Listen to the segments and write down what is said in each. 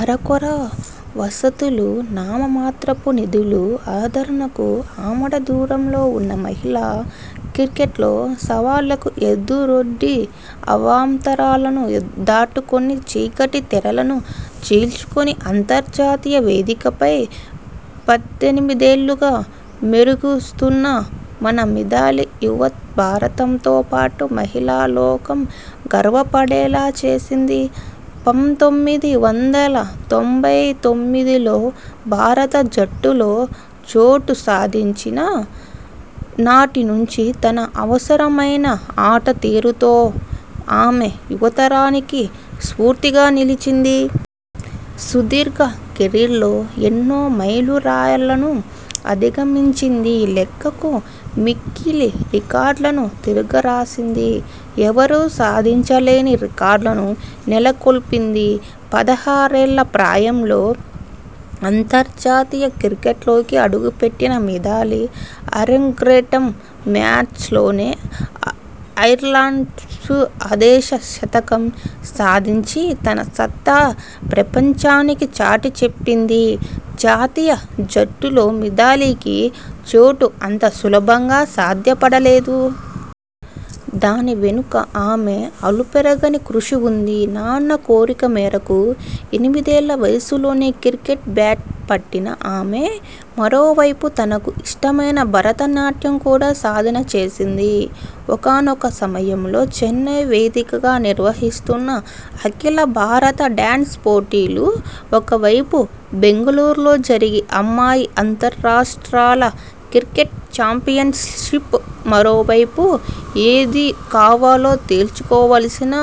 అరకొర వసతులు, నామమాత్రపు నిధులు, ఆదరణకు ఆమడ దూరంలో ఉన్న మహిళా క్రికెట్లో సవాళ్లకు ఎదురొడ్డి, అవాంతరాలను దాటుకొని, చీకటి తెరలను చీల్చుకొని అంతర్జాతీయ వేదికపై పద్దెనిమిదేళ్లుగా మెరుగుస్తున్న మన మిథాలీ యువత్ భారతంతోపాటు మహిళాలోకం గర్వపడేలా చేసింది. పంతొమ్మిది వందల తొంభై తొమ్మిదిలో భారత జట్టులో చోటు సాధించిన నాటినుంచి తన అవసరమైన ఆటతీరుతో ఆమె యువతరానికి స్ఫూర్తిగా నిలిచింది. సుదీర్ఘ కెరీర్లో ఎన్నో మైలురాళ్లను అధిగమించింది. లెక్కకు మిక్కిలి రికార్డులను తిరగరాసింది. ఎవరూ సాధించలేని రికార్డులను నెలకొల్పింది. పదహారేళ్ల ప్రాయంలో అంతర్జాతీయ క్రికెట్లోకి అడుగుపెట్టిన మిథాలీ అరంగ్రేటం మ్యాచ్లోనే ఐర్లాండ్పై అదేషా శతకం సాధించి తన సత్తా ప్రపంచానికి చాటిచెప్పింది. జాతీయ జట్టులో మిథాలీకి చోటు అంత సులభంగా సాధ్యపడలేదు. దానివెనుక ఆమె అలుపెరుగని కృషి ఉంది. నాన్న కోరిక మేరకు ఎనిమిదేళ్ల వయసులోనే క్రికెట్ బ్యాట్ పట్టిన ఆమె మరోవైపు తనకు ఇష్టమైన భరత నాట్యం కూడా సాధన చేసింది. ఒకానొక సమయంలో చెన్నై వేదికగా నిర్వహిస్తున్న అఖిల భారత డ్యాన్స్ పోటీలు ఒకవైపు బెంగళూరులో జరిగి అమ్మాయిల అంతర్రాస్ట్రాల క్రికెట్ చాంపియన్షిప్ మరోవైపు ఏది కావాలో తేల్చుకోవాల్సిన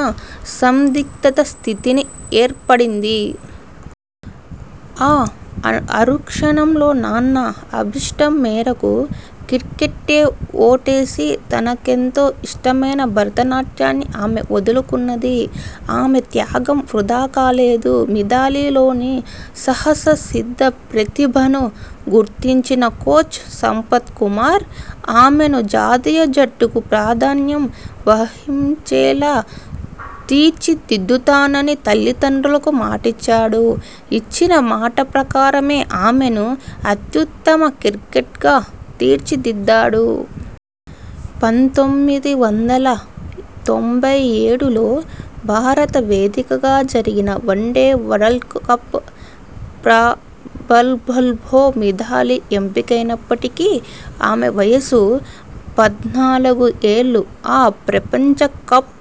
సందిగ్ధ స్థితిని ఏర్పడింది. ఆ తరుణంలో నాన్న అభీష్టం మేరకు క్రికెట్కే ఓటేసి, తనకెంతో ఇష్టమైన భరతనాట్యాన్ని ఆమె వదులుకున్నది. ఆమె త్యాగం వృథా కాలేదు. మిథాలీలోని సహజసిద్ధ ప్రతిభను గుర్తించిన కోచ్ సంపత్ కుమార్ ఆమెను జాతీయ జట్టుకు ప్రాతినిధ్యం వహించేలా తీర్చిదిద్దుతానని తల్లిదండ్రులకు మాటిచ్చాడు. ఇచ్చిన మాట ప్రకారమే ఆమెను అత్యుత్తమ క్రికెటర్గా తీర్చిదిద్దాడు. పంతొమ్మిది వందల తొంభై ఏడులో భారత వేదికగా జరిగిన వన్డే వరల్డ్కప్ ప్రాబబుల్స్లో మిథాలీ ఎంపికైనప్పటికి ఆమె వయసు పద్నాలుగు ఏళ్లు. ఆ ప్రపంచకప్కు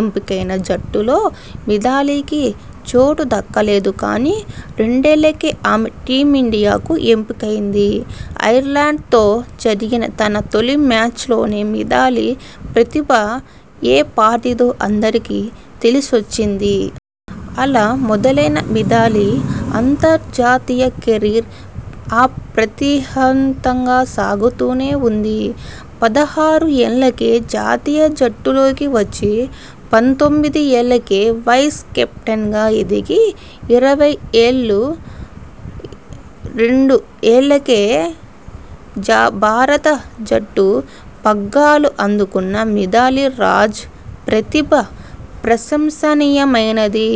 ఎంపికైన జట్టులో మిథాలీకి చోటు దక్కలేదు. కానీ రెండేళ్లకే ఆమె టీమిండియాకు ఎంపికైంది. ఐర్లాండ్తో జరిగిన తన తొలి మ్యాచ్లోనే మిథాలీ ప్రతిభ ఏపాటిదో అందరికీ తెలిసొచ్చింది. అలా మొదలైన మిథాలీ అంతర్జాతీయ కెరీర్ అప్రతిహంతంతా సాగుతూనే ఉంది. పదహారు ఏళ్లకే జాతీయ జట్టులోకి వచ్చి, పంతొమ్మిది ఏళ్లకే వైస్ కెప్టెన్గా ఎదిగి ఇరవైఏళ్లు రెండు ఏళ్లకే భారత జట్టు పగ్గాలు అందుకున్న మిథాలీ రాజ్ ప్రతిభ ప్రశంసనీయమైనది.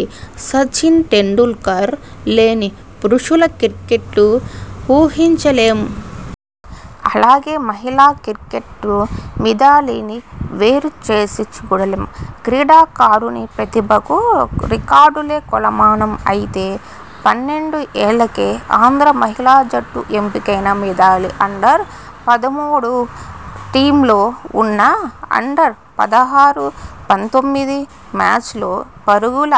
సచిన్ టెండూల్కర్ లేని పురుషుల క్రికెట్టు ఊహించలేం. అలాగే మహిళా క్రికెట్టు మిథాలీనీ వేరు చేసి చూడలేం. క్రీడాకారుని ప్రతిభకు రికార్డులే కొలమానం అయితే పన్నెండు ఏళ్లకే ఆంధ్రా మహిళా జట్టుకు ఎంపికైన మిథాలీ అండర్ పదమూడు టీమ్లో ఉన్నా అండర్ పదహారు, పంతొమ్మిది మ్యాచ్లో పరుగుల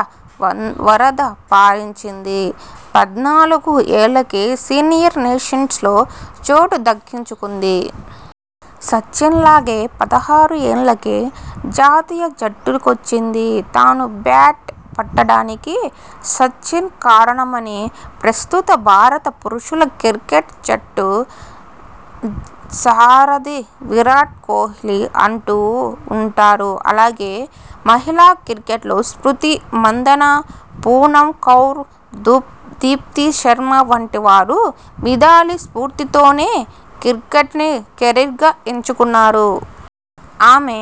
వరద పారించింది. పద్నాలుగు ఏళ్లకే సీనియర్ నేషన్స్లో చోటు దక్కించుకుంది. సచిన్లాగే పదహారు ఏళ్లకే జాతీయ జట్టులోకొచ్చింది. తాను బ్యాట్ పట్టడానికి సచిన్ కారణమని ప్రస్తుత భారత పురుషుల క్రికెట్ జట్టు సారథి విరాట్ కోహ్లీ అంటూ ఉంటారు. అలాగే మహిళా క్రికెట్లో స్మృతి మంధాన, పూనమ్ కౌర్, దీప్తి శర్మ వంటి వారు మిథాలీ స్ఫూర్తితోనే క్రికెట్ను కెరీర్గా ఎంచుకున్నారు. ఆమె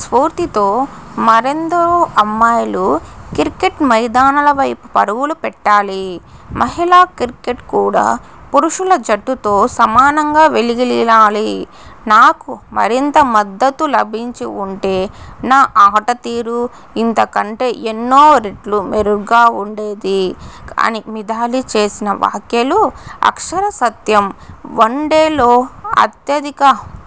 స్ఫూర్తితో మరెందరో అమ్మాయిలు క్రికెట్ మైదానాలవైపు పరుగులు పెట్టాలి. మహిళా క్రికెట్ కూడా పురుషుల జట్టుతో సమానంగా వెలుగులీనాలి. 'నాకు మరింత మద్దతు లభించి వుంటే నా ఆటతీరు ఇంతకంటే ఎన్నో రెట్లు మెరుగ్గా ఉండేది' అని మిథాలీ చేసిన వ్యాఖ్యలు అక్షర సత్యం. వన్డేల్లో అత్యధిక